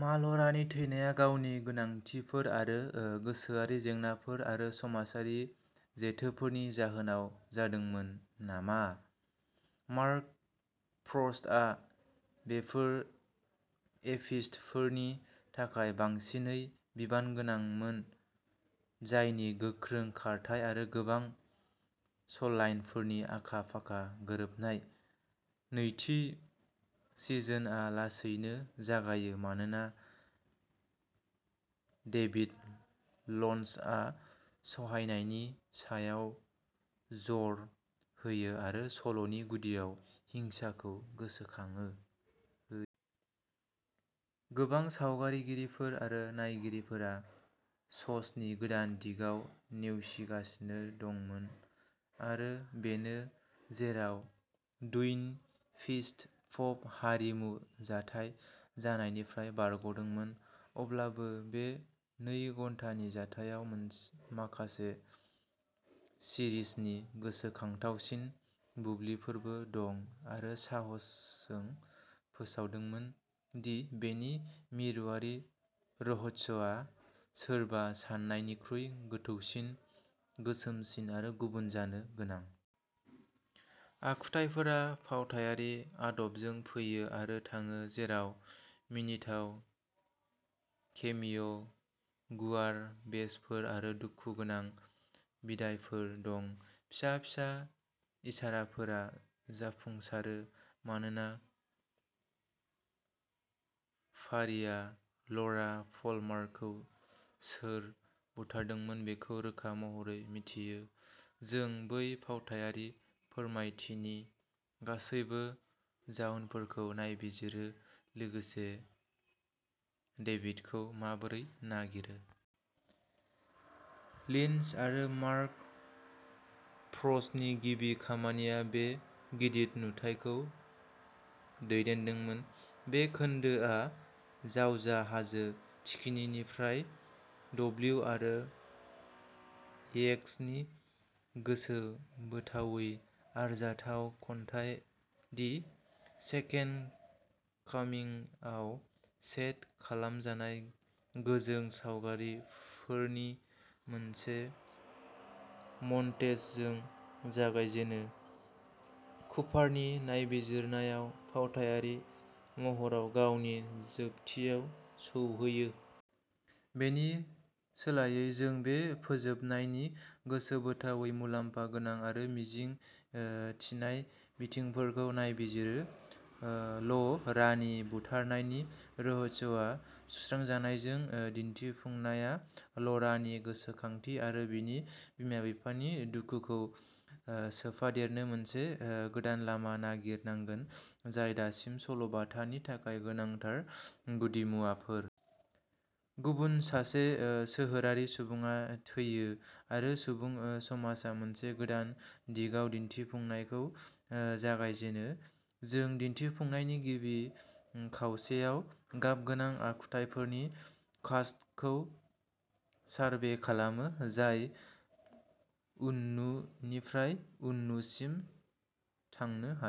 मा ल'रानि थैनाया गावनि गोनांथिफोर आरो गोसोआरि जेंनाफोर एबा समाजारि जेथोफोरनि जाहोनाव जादोंमोन नामा? मार्क फ्रस्टआ बेफोर एपिस'डफोरनि थाखाय बांसिनै बिबानगोनांमोन, जायनि गोख्रों खारथाइ आरो गोबां सल'लाइनफोरनि आखा-फाखा गोरोबनाय। नैथि सिजोनआ लासैनो जागायो, मानोना डेभिड लन्चआ सहायनायनि सायाव जर होयो आरो सल'नि गुदियाव हिंसाखौ गोसोखांहोयो। गोबां सावरायगिरिफोर आरो नायगिरिफोरा श'नि गोदान दिगाव नेवसिजादोंमोन, आरो बेनो जेराव टुइन पिक्सआ पप हारिमु जाथाय जानायनिफ्राय बारग'दोंमोन। अब्लाबो बे नै घन्टानि जाथायाव माखासे सिरिजनि गोसोखांथावसिन बुब्लिफोरबो दं आरो साहसजों फोसावदोंमोन दि बेनि मिरुआरि रहस्यआ सोरबा साननायनिख्रुइ गोथौसिन, गोसोमसिन आरो गुबुन जानो गोनां। आखुथाइफोरा फावथायारि आदबजों फैयो आरो थाङो, जेराव मिनिथाव केमिय', गुवार भेसफोर, आरो दुखुगोनां बिदाइफोर दं। फिसा फिसा इसाराफोरा जाफुंसारो मानोना फारिआ ल'रा पाल्मारखौ सोर बुथारदोंमोन बेखौ रोखा महरै दिन्थियो। जों बै फावथायारि फोरमायथिनि गासैबो जाउनफोरखौ नायबिजिरो, लोगोसे डेभिडखौ माबोरै नागिरो। लिन्च आरो मार्क फ्रस्टनि गिबि खामानिया बे गिदिर नुथायखौ दैदेनदोंमोन। बे खोन्दोआ जावजा हाजो थिखिनिनिफ्राय डब्लिउ आरो येट्सनि गोसोबोथावै आरजाथाव खन्थाइ दि सेकेन्ड कामिं आव सेट खालामजानाय गोजों सावगारिफोरनि मोनसे मन्टेजजों जागायजेनो। कुपारनि नायबिजिरनाया फावथायारि महराव गावनि जोबथियाव सौहैयो। बेनि सोलायै, जों बे फोजोबनायनि गोसोबोथावै, मुलाम्फा गोनां आरो मिजिं थिनाय बिथिंफोरखौ नायबिजिरो। ल'रानि बुथारनायनि रहस्यआ सुस्रांजानायजों, दिन्थिफुंनाया ल'रानि गोसोखांथि आरो बिनि बिमा-बिफानि दुखुखौ सोफादेरनो मोनसे गोदान लामा नागिरनांगोन, जाय दासिम सल'-बाथानि थाखाय गोनांथार गुदिमुवाफोर। गुबुन सासे सोहोरारि सुबुङा थैयो आरो सुबुं समाजआ मोनसे गोदान दिगाव दिन्थिफुंनायखौ जागायजेनो। जों दिन्थिफुंनायनि गिबि खावसेयाव गाबगोनां आखुथाइफोरनि कास्टखौ सारभे खालामो जाय उननुनिफ्राय उननुसिम थांनो हायो।